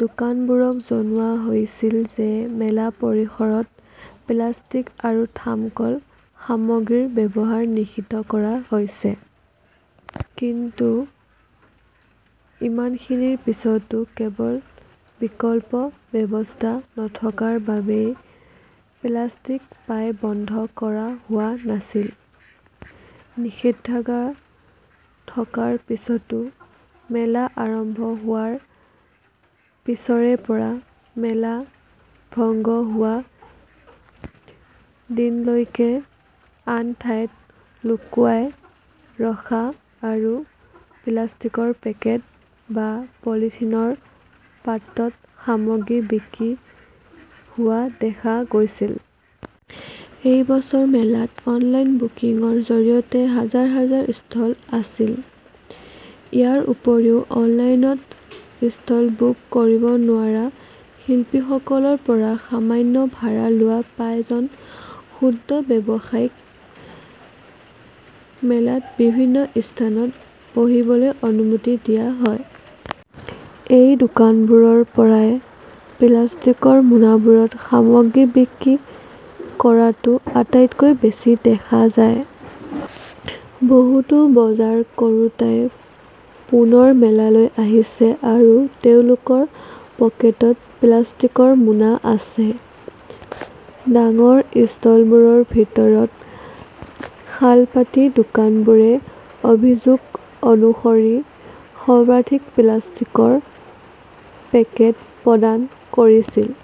দোকানবোৰক জনোৱা হৈছিল যে মেলা পৰিসৰত প্লাষ্টিক আৰু থাৰ্মকল সামগ্ৰীৰ ব্যৱহাৰ নিষিদ্ধ কৰা হৈছে। কিন্তু ইমানখিনিৰ পিছতো কেৱল বিকল্প ব্যৱস্থা নথকাৰ বাবেই প্লাষ্টিক প্ৰায় বন্ধ কৰা হোৱা নাছিল। নিষেধাজ্ঞা থকাৰ পিছতো মেলা আৰম্ভ হোৱাৰ পিছৰে পৰা মেলা ভংগ হোৱা দিনলৈকে আন ঠাইত লুকুৱাই ৰখা আৰু প্লাষ্টিকৰ পেকেট বা পলিথিনৰ পাত্ৰত সামগ্ৰী বিক্ৰী হোৱা দেখা গৈছিল। এই বছৰ মেলাত অনলাইন বুকিংৰ জৰিয়তে হাজাৰ হাজাৰ ষ্টল আছিল। ইয়াৰ উপৰিও, অনলাইনত ষ্টল বুক কৰিব নোৱাৰা শিল্পীসকলৰ পৰা সামান্য ভাড়া লোৱা প্ৰায় জন ক্ষুদ্ৰ ব্যৱসায়ীক মেলাত বিভিন্ন স্থানত বহিবলৈ অনুমতি দিয়া হয়। এই দোকানবোৰৰ পৰাই প্লাষ্টিকৰ মোনাবোৰত সামগ্ৰী বিক্ৰী কৰাটো আটাইতকৈ বেছি দেখা যায়। বহুতো বজাৰ কৰোঁতাই পুনৰ মেলালৈ আহিছে আৰু তেওঁলোকৰ পকেটত প্লাষ্টিকৰ মোনা আছে। ডাঙৰ ষ্টলবোৰৰ ভিতৰত শালপাটিৰ দোকানবোৰে অভিযোগ অনুসৰি সৰ্বাধিক প্লাষ্টিকৰ পেকেট প্ৰদান কৰিছিল।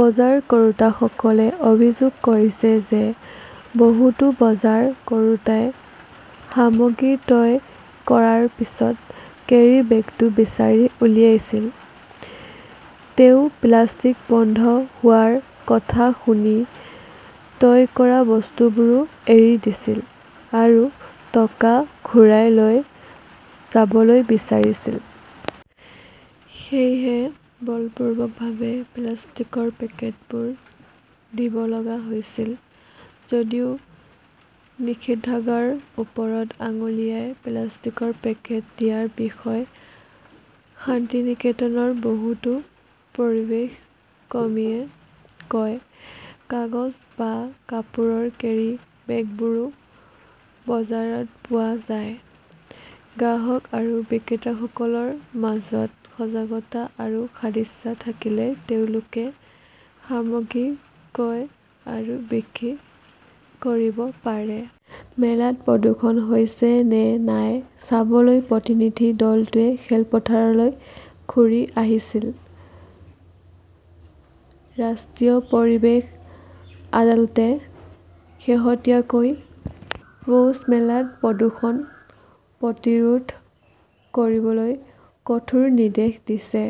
বজাৰ কৰোঁতাসকলে অভিযোগ কৰিছে যে বহুতো বজাৰ কৰোঁতাই সামগ্ৰী ক্ৰয় কৰাৰ পিছত কেৰী বেগটো বিচাৰি উলিয়াইছিল। তেওঁ প্লাষ্টিক বন্ধ হোৱাৰ কথা শুনি ক্ৰয় কৰা বস্তুবোৰো এৰি দিছিল আৰু টকা ঘূৰাই লৈ যাবলৈ বিচাৰিছিল। সেয়েহে বলপূৰ্বকভাৱে প্লাষ্টিকৰ পেকেটবোৰ দিব লগা হৈছিল। যদিও নিষেধাজ্ঞাৰ ওপৰত আঙুলিয়াই প্লাষ্টিকৰ পেকেট দিয়াৰ বিষয়ে শান্তিনিকেতনৰ বহুতো পৰিৱেশ কৰ্মীয়ে কয়, কাগজ বা কাপোৰৰ কেৰি বেগবোৰো বজাৰত পোৱা যায়। গ্ৰাহক আৰু বিক্ৰেতাসকলৰ মাজত সজাগতা আৰু সদিচ্ছা থাকিলে তেওঁলোকে সামগ্ৰী ক্ৰয় আৰু বিক্ৰী কৰিব পাৰে। মেলাত প্ৰদূষণ হৈছে নে নাই চাবলৈ প্ৰতিনিধি দলটোৱে খেলপথাৰলৈ ঘূৰি আহিছিল ৰাষ্ট্ৰীয় পৰিৱেশ আদালতে শেহতীয়াকৈ পৌছমেলাত প্ৰদূষণ প্ৰতিৰোধ কৰিবলৈ কঠোৰ নিৰ্দেশ দিছে।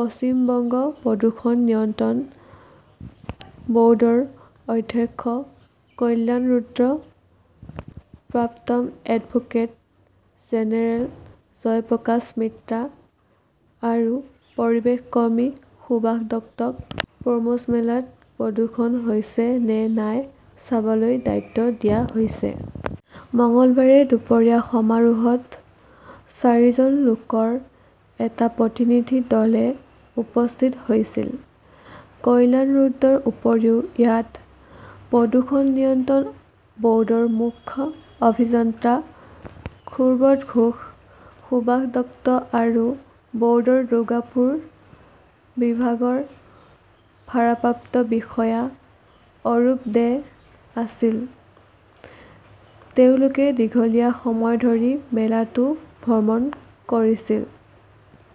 পশ্চিম বংগ প্ৰদূষণ নিয়ন্ত্ৰণ ব "ৰ্ডৰ অধ্যক্ষ কল্যাণ ৰুদ্ৰ, প্ৰাক্তন এডভোকেট জেনেৰেল জয়প্ৰকাশ মিত্ৰা আৰু পৰিৱেশ কৰ্মী সুভাষ দত্তক পমছমেলাত প্ৰদূষণ হৈছে নে নাই চাবলৈ দায়িত্ব দিয়া হৈছে। মঙলবাৰে দুপৰীয়া সমাৰোহত চাৰিজন লোকৰ এটা প্ৰতিনিধি দলে উপস্থিত হৈছিল। কল্যাণ ৰুদ্ৰৰ উপৰিও ইয়াত প্ৰদূষণ নিয়ন্ত্ৰণ বৰ্ডৰ মুখ্য অভিযন্তা সুব্ৰত ঘোষ, সুভাষ দত্ত আৰু বৰ্ডৰ দুৰ্গাপুৰ বিভাগৰ ভাৰপ্ৰাপ্ত বিষয়া অৰূপ দে আছিল। তেওঁলোকে দীঘলীয়া সময় ধৰি মেলাটো ভ্ৰমণ কৰিছিল।